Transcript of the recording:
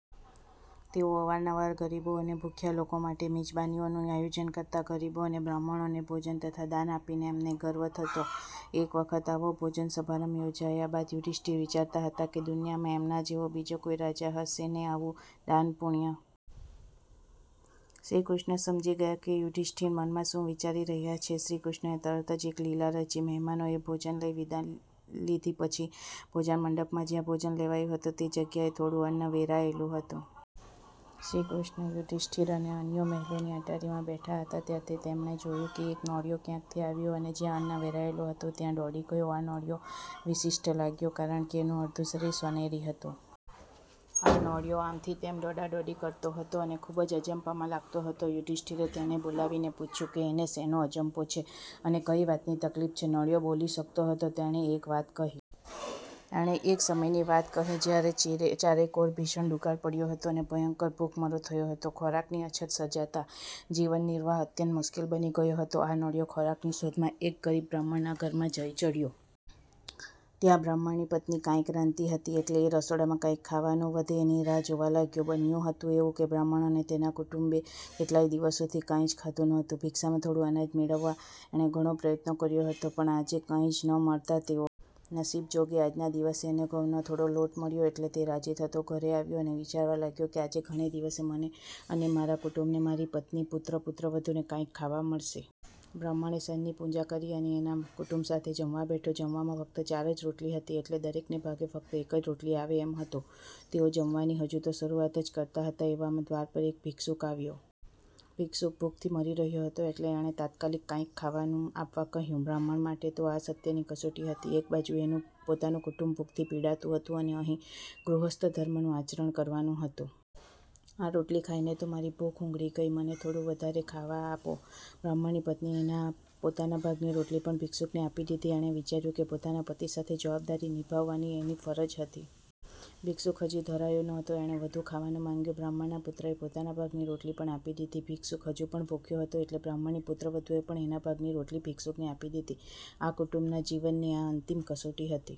તેઓ અવારનવાર ગરીબો અને ભૂખ્યા લોકો માટે મિજબાનીઓનું આયોજન કરતા. ગરીબો અને બ્રાહ્મણોને ભોજન તથા દાન આપીને એમને ગર્વ થતો. એક વખત આવો ભોજન સમારંભ યોજયા બાદ યુધિષ્ઠિર વિચારતા હતા કે દુનિયામાં એમના જેવો બીજો કોઈ રાજા હશે જે આવું દાનપૂણ્ય કરતો હોય? શ્રીકૃષ્ણ સમજી ગયા કે યુધિષ્ઠિર મનમાં શું વિચારી રહ્યા છે. શ્રીકૃષ્ણએ તરત જ એક લીલા રચી! મહેમાનોએ ભોજન લઇ વિદાઈ લીધી પછી ભોજનમંડપમાં જયાં ભોજન લેવાયું હતું તે જગ્યાએ થોડું વધેલું અન્ન વેરાયેલું હતું. શ્રીકૃષ્ણ, યુધિષ્ઠિર અને અન્યો મહેલની અટારીમાં બેઠા હતા ત્યાંથી એમણે જોયું કે એક નોળિયો ક્યાંકથી આવ્યો અને જયાં અન્ન વેરાયેલું હતું ત્યાં દોડી ગયો. આ નોળિયો વિશિષ્ઠ લાગ્યો કારણકે એનું અડધું શરીર સોનેરી હતું! આ નોળિયો આમ થી તેમ દોડાદોડી કરતો હતો અને ખુબ જ અજંપામાં લાગતો હતો. યુધિષ્ઠિરે એને બોલાવીને પૂછ્યું કે એને શેનો અજંપો છે અને કઈ વાતની તકલીફ છે? નોળિયો બોલી શકતો હતો. એણે એક વાત કહી. એણે એક સમયની વાત કહી જયારે ચારેકોર ભીષણ દુકાળ પડ્યો હતો અને ભયંકર ભૂખમરો થયો હતો. ખોરાકની અછત સર્જાતાં જીવનનિર્વાહ અત્યંત મુશ્કેલ બની ગયો હતો. આ નોળિયો ખોરાકની શોધમાં એક ગરીબ બ્રાહ્મણના ઘરમાં જઈ ચડ્યો. ત્યાં બ્રાહ્મણની પત્ની કાંઇક રાંધતી હતી એટલે એ રસોડામાં કાંઇક ખાવાનું વધે એની રાહ જોવા લાગ્યો. બન્યું હતું એવું કે બ્રાહ્મણ અને એના કુટુંબે કેટલાય દિવસોથી કાંઈ જ ખાધું નહોતું. ભિક્ષામાં થોડું અનાજ મેળવવા એણે ઘણો પ્રયત્ન કર્યો હતો પણ કાંઈ જ ન મળતાં તેઓ સાવ જ ભૂખ્યા રહેતા. નસીબ જોગે આજના દિવસે એને ઘઉંનો થોડો લોટ મળ્યો એટલે એ રાજી થતો ઘરે આવ્યો અને વિચારવા લાગ્યો કે આજે ઘણે દિવસે મને અને મારા કુટુંબને મારી પત્ની, પુત્ર, પુત્રવધૂ ને કાંઈક ખાવા મળશે. બ્રાહ્મણે સાંજની પૂજા કરી અને એના કુટુંબ સાથે જમવા બેઠો. જમવામાં ફક્ત ચાર જ રોટલી હતી એટલે દરેકને ભાગે ફક્ત એક જ રોટલી આવે એમ હતું! તેઓ જમવાની હજુ તો શરૂઆત જ કરતા હતા એવામાં દ્વાર પર એક ભિક્ષુક આવ્યો. ભિક્ષુક ભૂખથી મરી રહ્યો હતો એટલે એણે તાત્કાલિક કાંઇક ખાવાનું આપવા કહ્યું. બ્રાહ્મણ માટે તો આ સત્યની કસોટી હતી! એક બાજુ એનું પોતાનું કુટુંબ ભૂખથી પીડાતું હતું અને અહીં ગૃહસ્થ ધર્મનું આચરણ કરવાનું હતું! આ રોટલી ખાઈને તો મારી ભૂખ ઉઘડી ગઈ. મને થોડું વધારે ખાવા આપો". બ્રાહ્મણની પત્નીએ એના પોતાના ભાગની રોટલી પણ ભિક્ષુકને આપી દીધી. એણે વિચાર્યું કે પોતાના પતિ સાથે જવાબદારી નિભાવવાની એની ફરજ હતી. ભિક્ષુક હજુ ધરાયો નહોતો. એણે વધુ ખાવાનું માંગ્યું. બ્રાહ્મણના પુત્રએ પોતાના ભાગની રોટલી પણ આપી દીધી. ભિક્ષુક હજુ પણ ભૂખ્યો હતો એટલે બ્રાહ્મણની પુત્રવધૂએ પણ એના ભાગની રોટલી ભિક્ષુકને આપી દીધી. આ કુટુંબના જીવનની આ અંતિમ કસોટી હતી.